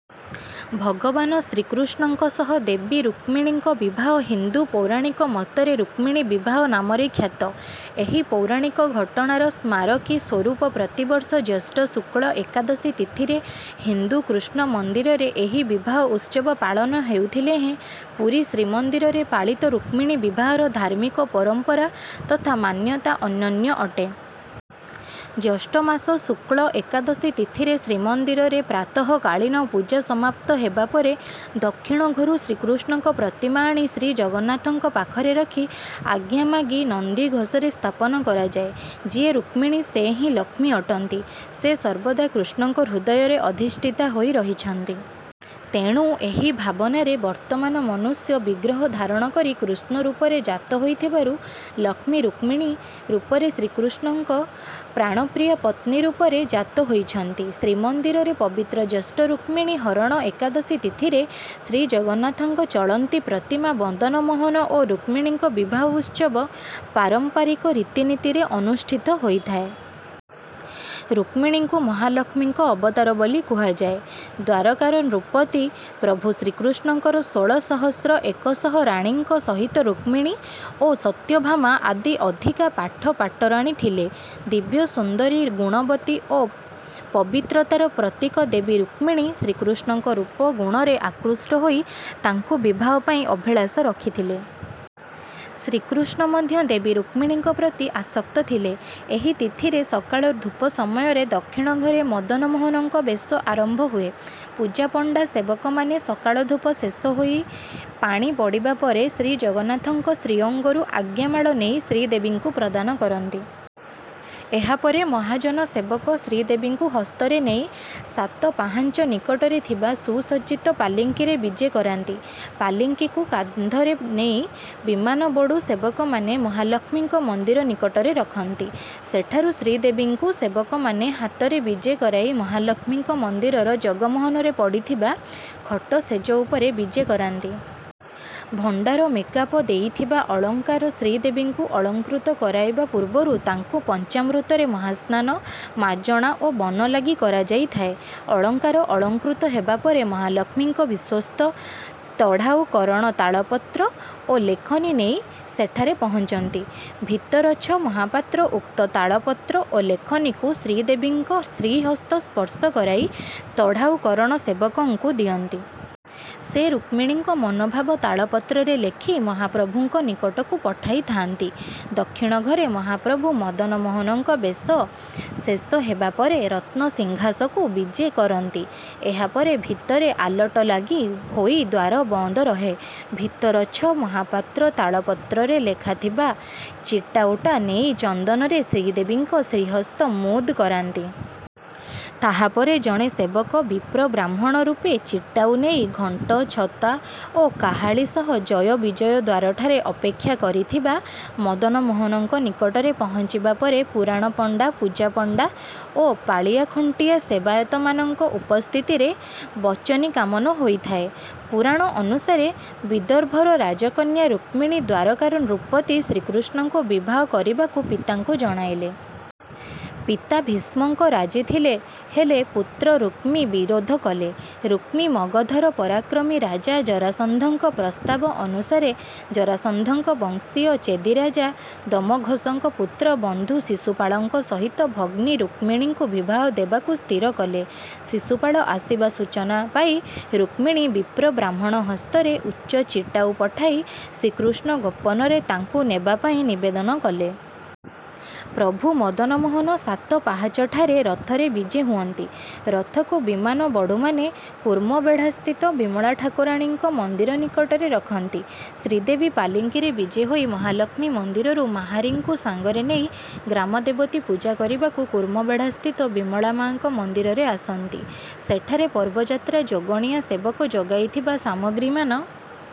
ଭଗବାନ ଶ୍ରୀକୃଷ୍ଣଙ୍କ ସହ ଦେବୀ ରୁକ୍ମିଣୀଙ୍କ ବିବାହ ହିନ୍ଦୁ ପୌରାଣିକ ମତରେ ରୁକ୍ମିଣୀ ବିବାହ ନାମରେ ଖ୍ୟାତ। ଏହି ପୌରାଣିକ ଘଟଣାର ସ୍ମାରକୀ ସ୍ୱରୂପ ପ୍ରତିବର୍ଷ ଜ୍ୟେଷ୍ଠ ଶୁକ୍ଳ ଏକାଦଶୀ ତିଥିରେ ହିନ୍ଦୁ କୃଷ୍ଣ ମନ୍ଦିରରେ ଏହି ବିବାହ ଉତ୍ସବ ପାଳନ ହେଉଥିଲେ ହେଁ ପୁରୀ ଶ୍ରୀମନ୍ଦିରରେ ପାଳିତ ରୁକ୍ମିଣୀ ବିବାହର ଧାର୍ମିକ ପରମ୍ପରା ତଥା ମାନ୍ୟତା ଅନନ୍ୟ ଅଟେ। ଜ୍ୟେଷ୍ଠ ମାସ ଶୁକ୍ଳ ଏକାଦଶୀ ତିଥିରେ ଶ୍ରୀମନ୍ଦିରରେ ପ୍ରାତଃକାଳୀନ ପୂଜା ସମାପ୍ତ ହେବା ପରେ ଦକ୍ଷିଣ ଘରୁ ଶ୍ରୀକୃଷ୍ଣଙ୍କ ପ୍ରତିମା ଆଣି ଶ୍ରୀଜଗନ୍ନାଥଙ୍କ ପାଖରେ ରଖି ଆଜ୍ଞା ମାଗି ନନ୍ଦିଘୋଷରେ ସ୍ଥାପନ କରାଯାଏ। ଯିଏ ରୁକ୍ମିଣୀ ସେ ହିଁ ଲକ୍ଷ୍ମୀ ଅଟନ୍ତି। ସେ ସର୍ବଦା କୃଷ୍ଣଙ୍କ ହୃଦୟରେ ଅଧିଷ୍ଠିତା ହୋଇରହିଛନ୍ତି। ତେଣୁ ଏହି ଭାବନାରେ ବର୍ତ୍ତମାନ ମନୁଷ୍ୟ ବିଗ୍ରହ ଧାରଣ କରି କୃଷ୍ଣ ରୂପରେ ଜାତ ହୋଇଥିବାରୁ ଲକ୍ଷ୍ମୀ ରୁକ୍ମିଣୀ ରୂପରେ ଶ୍ରୀକୃଷ୍ଣଙ୍କ ପ୍ରାଣପ୍ରିୟା ପତ୍ନୀ ରୂପରେ ଜାତ ହୋଇଛନ୍ତି। ଶ୍ରୀମନ୍ଦିରରେ ପବିତ୍ର ଜ୍ୟେଷ୍ଠ ରୁକ୍ମିଣୀ ହରଣ ଏକାଦଶୀ ତିଥିରେ ଶ୍ରୀଜଗନ୍ନାଥଙ୍କ ଚଳନ୍ତି ପ୍ରତିମା ମଦନମୋହନ ଓ ରୁକ୍ମିଣୀ ଙ୍କ ବିବାହ ଉତ୍ସବ ପାରମ୍ପାରିକ ରୀତିନୀତିରେ ଅନୁଷ୍ଠିତ ହୋଇଥାଏ। ରୁକ୍ମିଣୀଙ୍କୁ ମହାଲକ୍ଷ୍ମୀଙ୍କ ଅବତାର ବୋଲି କୁହାଯାଏ। ଦ୍ୱାରକାର ନୃପତି ପ୍ରଭୁ ଶ୍ରୀକୃଷ୍ଣଙ୍କର ଷୋଳ ସହସ୍ର ଏକ ଶହ ରାଣୀଙ୍କ ସହିତ ରୁକ୍ମିଣୀ ଓ ସତ୍ୟଭାମା ଆଦି ଅଧିକା ଆଠ ପାଟରାଣୀ ଥିଲେ। ଦିବ୍ୟ ସୁନ୍ଦରୀ, ଗୁଣବତୀ ଓ ପବିତ୍ରତାର ପ୍ରତୀକ ଦେବୀ ରୁକ୍ମିଣୀ ଶ୍ରୀକୃଷ୍ଣଙ୍କ ରୂପ, ଗୁଣରେ ଆକୃଷ୍ଟ ହୋଇ ତାଙ୍କୁ ବିବାହ ପାଇଁ ଅଭିଳାଷ ରଖିଥିଲେ। ଶ୍ରୀକୃଷ୍ଣ ମଧ୍ୟ ଦେବୀ ରୁକ୍ମିଣୀଙ୍କ ପ୍ରତି ଆସକ୍ତ ଥିଲେ। ଏହି ତିଥିରେ ସକାଳ ଧୂପ ସମୟରେ ଦକ୍ଷିଣ ଘରେ ମଦନମୋହନଙ୍କ ବେଶ ଆରମ୍ଭ ହୁଏ। ପୂଜାପଣ୍ଡା ସେବକମାନେ ସକାଳ ଧୂପ ଶେଷ ହୋଇ ପାଣି ପଡ଼ିବା ପରେ ଶ୍ରୀଜଗନ୍ନାଥଙ୍କ ଶ୍ରୀଅଙ୍ଗରୁ ଆଜ୍ଞାମାଳ ନେଇ ଶ୍ରୀଦେବୀଙ୍କୁ ପ୍ରଦାନ କରନ୍ତି। ଏହାପରେ ମହାଜନ ସେବକ ଶ୍ରୀଦେବୀଙ୍କୁ ହସ୍ତରେ ନେଇ ସାତ ପାହାଞ୍ଚ ନିକଟରେ ଥିବା ସୁସଜ୍ଜିତ ପାଲିଙ୍କିରେ ବିଜେ କରାନ୍ତି। ପାଲିଙ୍କିକୁ କାନ୍ଧରେ ନେଇ ବିମାନବଡୁ ସେବକମାନେ ମହାଲକ୍ଷ୍ମୀଙ୍କ ମନ୍ଦିର ନିକଟରେ ରଖନ୍ତି। ସେଠାରୁ ଶ୍ରୀଦେବୀଙ୍କୁ ସେବକମାନେ ହାତରେ ବିଜେ କରାଇ ମହାଲକ୍ଷ୍ମୀଙ୍କ ମନ୍ଦିରର ଜଗମୋହନରେ ପଡ଼ିଥିବା ଖଟ ଶେଯ ଉପରେ ବିଜେ କରାନ୍ତି। ଭଣ୍ଡାର ମେକାପ ଦେଇଥିବା ଅଳଙ୍କାର ଶ୍ରୀଦେବୀଙ୍କୁ ଅଳଙ୍କୃତ କରାଇବା ପୂର୍ବରୁ ତାଙ୍କୁ ପଞ୍ଚାମୃତରେ ମହାସ୍ନାନ, ମାଜଣା ଓ ବନଲାଗି କରାଯାଇଥାଏ। ଅଳଂକାର ଅଳଙ୍କୃତ ହେବା ପରେ ମହାଲକ୍ଷ୍ମୀଙ୍କ ବିଶ୍ୱସ୍ତ ତଢାଉ କରଣ ତାଳପତ୍ର ଓ ଲେଖନୀ ନେଇ ସେଠାରେ ପହଞ୍ଚନ୍ତି। ଭିତରଛ ମହାପାତ୍ର ଉକ୍ତ ତାଳପତ୍ର ଓ ଲେଖନୀକୁ ଶ୍ରୀଦେବୀଙ୍କ ଶ୍ରୀହସ୍ତ ସ୍ପର୍ଶ କରାଇ ତଢାଉ କରଣ ସେବକଙ୍କୁ ଦିଅନ୍ତି। ସେ ରୁକ୍ମିଣୀଙ୍କ ମନୋଭାବ ତାଳପତ୍ରରେ ଲେଖି ମହାପ୍ରଭୁଙ୍କ ନିକଟକୁ ପଠାଇଥାନ୍ତି। ଦକ୍ଷିଣ ଘରେ ମହାପ୍ରଭୁ ମଦନମୋହନଙ୍କ ବେଶ ଶେଷ ହେବା ପରେ ରତ୍ନସିଂହାସକୁ ବିଜେ କରନ୍ତି। ଏହାପରେ ଭିତରେ ଆଲଟ ଲାଗି ହୋଇ ଦ୍ୱାର ବନ୍ଦ ରହେ। ଭିତରଛ ମହାପାତ୍ର ତାଳପତ୍ରରେ ଲେଖାଥିବା ଚିଟାଉଟା ନେଇ ଚନ୍ଦନରେ ଶ୍ରୀଦେବୀଙ୍କ ଶ୍ରୀହସ୍ତ ମୁଦ୍ କରାନ୍ତି। ତାହାପରେ ଜଣେ ସେବକ ବିପ୍ରବ୍ରାହ୍ମଣ ରୂପେ ଚିଟାଉ ନେଇ ଘଣ୍ଟ, ଛତା ଓ କାହାଳୀ ସହ ଜୟ ବିଜୟ ଦ୍ୱାରଠାରେ ଅପେକ୍ଷା କରିଥିବା ମଦନମୋହନଙ୍କ ନିକଟରେ ପହଞ୍ଚିବା ପରେ ପୁରାଣ ପଣ୍ଡା, ପୂଜା ପଣ୍ଡା ଓ ପାଳିଆ ଖୁଣ୍ଟିଆ ସେବାୟତମାନଙ୍କ ଉପସ୍ଥିତିରେ ବଚନିକାମନ ହୋଇଥାଏ। ପୁରାଣ ଅନୁସାରେ ବିଦର୍ଭର ରାଜକନ୍ୟା ରୁକ୍ମିଣୀ ଦ୍ୱାରକାର ନୃପତି ଶ୍ରୀକୃଷ୍ଣଙ୍କୁ ବିବାହ କରିବାକୁ ପିତାଙ୍କୁ ଜଣାଇଲେ। ପିତା ଭୀଷ୍ମକ ରାଜି ଥିଲେ ହେଲେ ପୁତ୍ର ରୁକ୍ମୀ ବିରୋଧ କଲେ। ରୁକ୍ମୀ ମଗଧର ପରାକ୍ରମୀ ରାଜା ଜରାସନ୍ଧଙ୍କ ପ୍ରସ୍ତାବ ଅନୁସାରେ ଜରାସନ୍ଧଙ୍କ ବଂଶୀୟ ଚେଦିରାଜା ଦମଘୋଷଙ୍କ ପୁତ୍ର ବନ୍ଧୁ ଶିଶୁପାଳଙ୍କ ସହିତ ଭଗ୍ନୀ ରୁକ୍ମିଣୀଙ୍କୁ ବିବାହ ଦେବାକୁ ସ୍ଥିର କଲେ। ଶିଶୁପାଳ ଆସିବା ସୂଚନା ପାଇ ରୁକ୍ମିଣୀ ବିପ୍ର ବ୍ରାହ୍ମଣ ହସ୍ତରେ ଉଚ ଚିଟାଉ ପଠାଇ ଶ୍ରୀକୃଷ୍ଣ ଗୋପନରେ ତାଙ୍କୁ ନେବା ପାଇଁ ନିବେଦନ କଲେ। ପ୍ରଭୁ ମଦନମୋହନ ସାତ ପାହାଚଠାରେ ରଥରେ ବିଜେ ହୁଅନ୍ତି। ରଥକୁ ବିମାନବଡୁମାନେ କୁର୍ମବେଢ଼ାସ୍ଥିତ ବିମଳା ଠାକୁରାଣୀଙ୍କ ମନ୍ଦିର ନିକଟରେ ରଖନ୍ତି। ଶ୍ରୀଦେବୀ ପାଲିଙ୍କିରେ ବିଜେ ହୋଇ ମହାଲକ୍ଷ୍ମୀ ମନ୍ଦିରରୁ ମାହାରୀଙ୍କୁ ସାଙ୍ଗରେ ନେଇ ଗ୍ରାମ ଦେବତୀ ପୂଜା କରିବାକୁ କୁର୍ମବେଢ଼ାସ୍ଥିତ ବିମଳା ମା'ଙ୍କ ମନ୍ଦିରରେ ଆସନ୍ତି। ସେଠାରେ ପର୍ବଯାତ୍ରା ଯୋଗଣିଆ ସେବକ ଯୋଗାଇଥିବା ସାମଗ୍ରୀମାନ